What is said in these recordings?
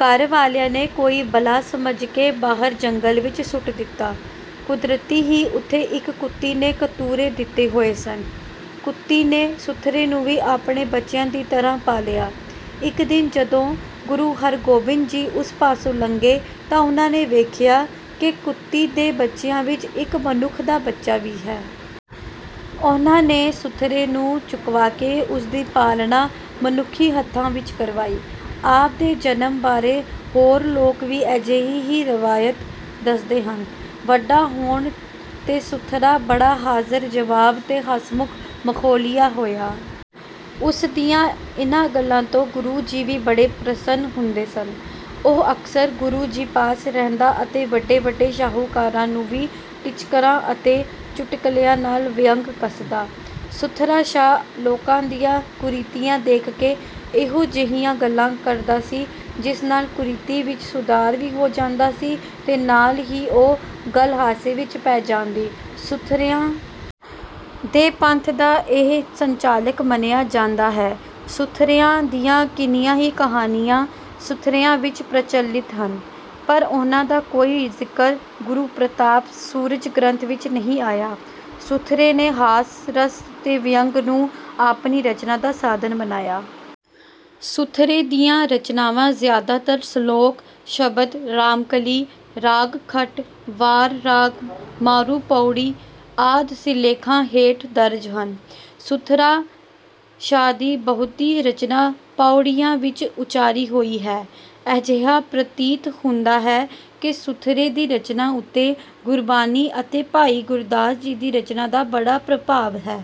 ਘਰ ਵਾਲਿਆਂ ਨੇ ਕੋਈ ਬਲਾ ਸਮਝ ਕੇ ਬਾਹਰ ਜੰਗਲ ਵਿੱਚ ਸੁੱਟ ਦਿੱਤਾ। ਕੁਦਰਤੀ ਹੀ ਉੱਥੇ ਇੱਕ ਕੁੱਤੀ ਨੇ ਕਤੂਰੇ ਦਿੱਤੇ ਹੋਏ ਸਨ। ਕੁੱਤੀ ਨੇ ਸੁਥਰੇ ਨੂੰ ਵੀ ਆਪਣੇ ਬੱਚਿਆਂ ਦੀ ਤਰ੍ਹਾਂ ਪਾਲਿਆ। ਇੱਕ ਦਿਨ ਜਦੋਂ ਗੁਰੂ ਹਰਿਗੋਬਿੰਦ ਜੀ ਉਸ ਪਾਸੋਂ ਲੰਘੇ ਤਾਂ ਉਨ੍ਹਾਂ ਨੇ ਵੇਖਿਆ ਕਿ ਕੁੱਤੀ ਦੇ ਬੱਚਿਆਂ ਵਿੱਚ ਇੱਕ ਮਨੁੱਖ ਦਾ ਬੱਚਾ ਵੀ ਹੈ। ਉਨ੍ਹਾਂ ਨੇ ਸੁਥਰੇ ਨੂੰ ਚੁਕਵਾ ਕੇ ਉਸ ਦੀ ਪਾਲਣਾ ਮਨੁੱਖੀ ਹੱਥਾਂ ਵਿੱਚ ਕਰਵਾਈ। ਆਪ ਦੇ ਜਨਮ ਬਾਰੇ ਹੋਰ ਲੋਕ ਵੀ ਅਜਿਹੀ ਹੀ ਰਵਾਇਤ ਦੱਸਦੇ ਹਨ। ਵੱਡਾ ਹੋਣ 'ਤੇ ਸੁਥਰਾ ਬੜਾ ਹਾਜ਼ਰ-ਜਵਾਬ ਤੇ ਹਸਮੁੱਖ ਮਖੌਲੀਆ ਹੋਇਆ। ਉਸ ਦੀਆਂ ਇਨ੍ਹਾਂ ਗੱਲਾਂ ਤੋਂ ਗੁਰੂ ਜੀ ਵੀ ਬੜੇ ਪ੍ਰਸੰਨ ਹੁੰਦੇ ਸਨ। ਉਹ ਅਕਸਰ ਗੁਰੂ ਜੀ ਪਾਸ ਰਹਿੰਦਾ ਅਤੇ ਵੱਡੇ-ਵੱਡੇ ਸ਼ਾਹੂਕਾਰਾਂ ਨੂੰ ਵੀ ਟਿਚਕਰਾਂ ਅਤੇ ਚੁਟਕਲਿਆਂ ਨਾਲ ਵਿਅੰਗ ਕੱਸਦਾ। ਸੁਥਰਾ ਸ਼ਾਹ ਲੋਕਾਂ ਦੀਆਂ ਕੁਰੀਤੀਆਂ ਦੇਖ ਕੇ ਇਹੋ ਜਿਹੀਆਂ ਗੱਲਾਂ ਕਰਦਾ ਸੀ, ਜਿਸ ਨਾਲ ਕੁਰੀਤੀ ਵਿੱਚ ਸੁਧਾਰ ਵੀ ਹੋ ਜਾਂਦਾ ਸੀ ਤੇ ਨਾਲ ਹੀ ਉਹ ਗੱਲ ਹਾਸੇ ਵਿੱਚ ਪੈ ਜਾਂਦੀ। ਸੁਥਰਿਆਂ ਦੇ ਪੰਥ ਦਾ ਇਹ ਸੰਚਾਲਕ ਮੰਨਿਆ ਜਾਂਦਾ ਹੈ। ਸੁਥਰਿਆਂ ਦੀਆਂ ਕਿੰਨੀਆਂ ਹੀ ਕਹਾਣੀਆਂ ਸੁਥਰਿਆਂ ਵਿੱਚ ਪ੍ਰਚਲਿਤ ਹਨ, ਪਰ ਉਨ੍ਹਾਂ ਦਾ ਕੋਈ ਜ਼ਿਕਰ "ਗੁਰੂ ਪ੍ਰਤਾਪ ਸੂਰਜ ਗ੍ਰੰਥ" ਵਿੱਚ ਨਹੀਂ ਆਇਆ। ਸੁਥਰੇ ਨੇ ਹਾਸ-ਰਸ ਤੇ ਵਿਅੰਗ ਨੂੰ ਆਪਣੀ ਰਚਨਾ ਦਾ ਸਾਧਨ ਬਣਾਇਆ। ਸੁਥਰੇ ਦੀਆਂ ਰਚਨਾਵਾਂ ਜ਼ਿਆਦਾਤਰ ਸਲੋਕ, ਸ਼ਬਦ, ਰਾਮਕਲੀ, ਰਾਗ ਖਟ, ਵਾਰ-ਰਾਗ ਮਾਰੂ ਪੌੜੀ ਆਦਿ ਸਿਰਲੇਖਾਂ ਹੇਠ ਦਰਜ ਹਨ। ਸੁਥਰਾ ਸ਼ਾਹ ਦੀ ਬਹੁਤੀ ਰਚਨਾ ਪੌੜੀਆਂ ਵਿੱਚ ਉਚਾਰੀ ਹੋਈ ਹੈ। ਅਜਿਹਾ ਪ੍ਰਤੀਤ ਹੁੰਦਾ ਹੈ ਕਿ ਸੁਥਰੇ ਦੀ ਰਚਨਾ ਉੱਤੇ ਗੁਰਬਾਣੀ ਅਤੇ ਭਾਈ ਗੁਰਦਾਸ ਜੀ ਦੀ ਰਚਨਾ ਦਾ ਬੜਾ ਪ੍ਰਭਾਵ ਹੈ।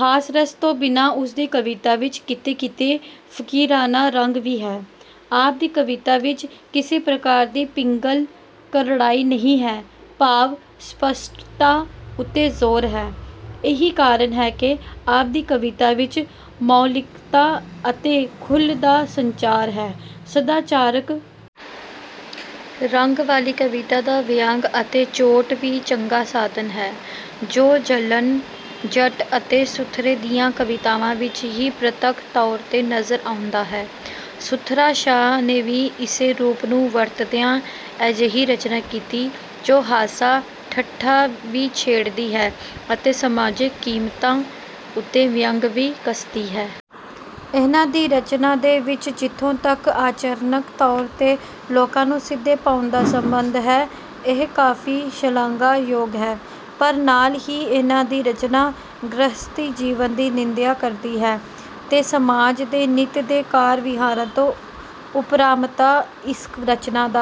ਹਾਸ-ਰਸ ਤੋਂ ਬਿਨਾਂ ਉਸ ਦੀ ਕਵਿਤਾ ਵਿੱਚ ਕਿਤੇ-ਕਿਤੇ ਫ਼ਕੀਰਾਨਾ ਰੰਗ ਵੀ ਹੈ। ਆਪ ਦੀ ਕਵਿਤਾ ਵਿੱਚ ਕਿਸੇ ਪ੍ਰਕਾਰ ਦੀ ਪਿੰਗਲ ਕਰੜਾਈ ਨਹੀਂ ਹੈ, ਭਾਵ-ਸਪਸ਼ਟਤਾ ਉੱਤੇ ਜ਼ੋਰ ਹੈ। ਇਹੀ ਕਾਰਨ ਹੈ ਕਿ ਆਪ ਦੀ ਕਵਿਤਾ ਵਿੱਚ ਮੌਲਿਕਤਾ ਅਤੇ ਖੁੱਲ੍ਹ ਦਾ ਸੰਚਾਰ ਹੈ। ਸਦਾਚਾਰਕ ਰੰਗ ਵਾਲੀ ਕਵਿਤਾ ਦਾ ਵਿਅੰਗ ਅਤੇ ਚੋਟ ਵੀ ਚੰਗਾ ਸਾਧਨ ਹੈ, ਜੋ ਜੱਲਣ ਜੱਟ ਅਤੇ ਸੁਥਰੇ ਦੀਆਂ ਕਵਿਤਾਵਾਂ ਵਿੱਚ ਹੀ ਪ੍ਰਤੱਖ ਤੌਰ 'ਤੇ ਨਜ਼ਰ ਆਉਂਦਾ ਹੈ। ਸੁਥਰਾ ਸ਼ਾਹ ਨੇ ਵੀ ਇਸੇ ਰੂਪ ਨੂੰ ਵਰਤਦਿਆਂ ਅਜਿਹੀ ਰਚਨਾ ਕੀਤੀ ਜੋ ਹਾਸਾ-ਠੱਠਾ ਵੀ ਛੇੜਦੀ ਹੈ ਅਤੇ ਸਮਾਜਿਕ ਕੀਮਤਾਂ ਉੱਤੇ ਵਿਅੰਗ ਵੀ ਕੱਸਦੀ ਹੈ। ਇਨ੍ਹਾਂ ਦੀ ਰਚਨਾ ਦੇ ਵਿੱਚ ਜਿੱਥੋਂ ਤੱਕ ਆਚਰਣਕ ਤੌਰ 'ਤੇ ਲੋਕਾਂ ਨੂੰ ਸਿੱਧੇ ਪਾਉਣ ਦਾ ਸੰਬੰਧ ਹੈ, ਇਹ ਕਾਫ਼ੀ ਸ਼ਲਾਘਾਯੋਗ ਹੈ। ਪਰ ਨਾਲ ਹੀ ਇਨ੍ਹਾਂ ਦੀ ਰਚਨਾ ਗ੍ਰਹਿਸਤੀ ਜੀਵਨ ਦੀ ਨਿੰਦਿਆ ਕਰਦੀ ਹੈ ਤੇ ਸਮਾਜ ਦੇ ਨਿੱਤ ਦੇ ਕਾਰ-ਵਿਹਾਰਾਂ ਤੋਂ ਉਪਰਾਮਤਾ ਇਸ ਰਚਨਾ ਦਾ...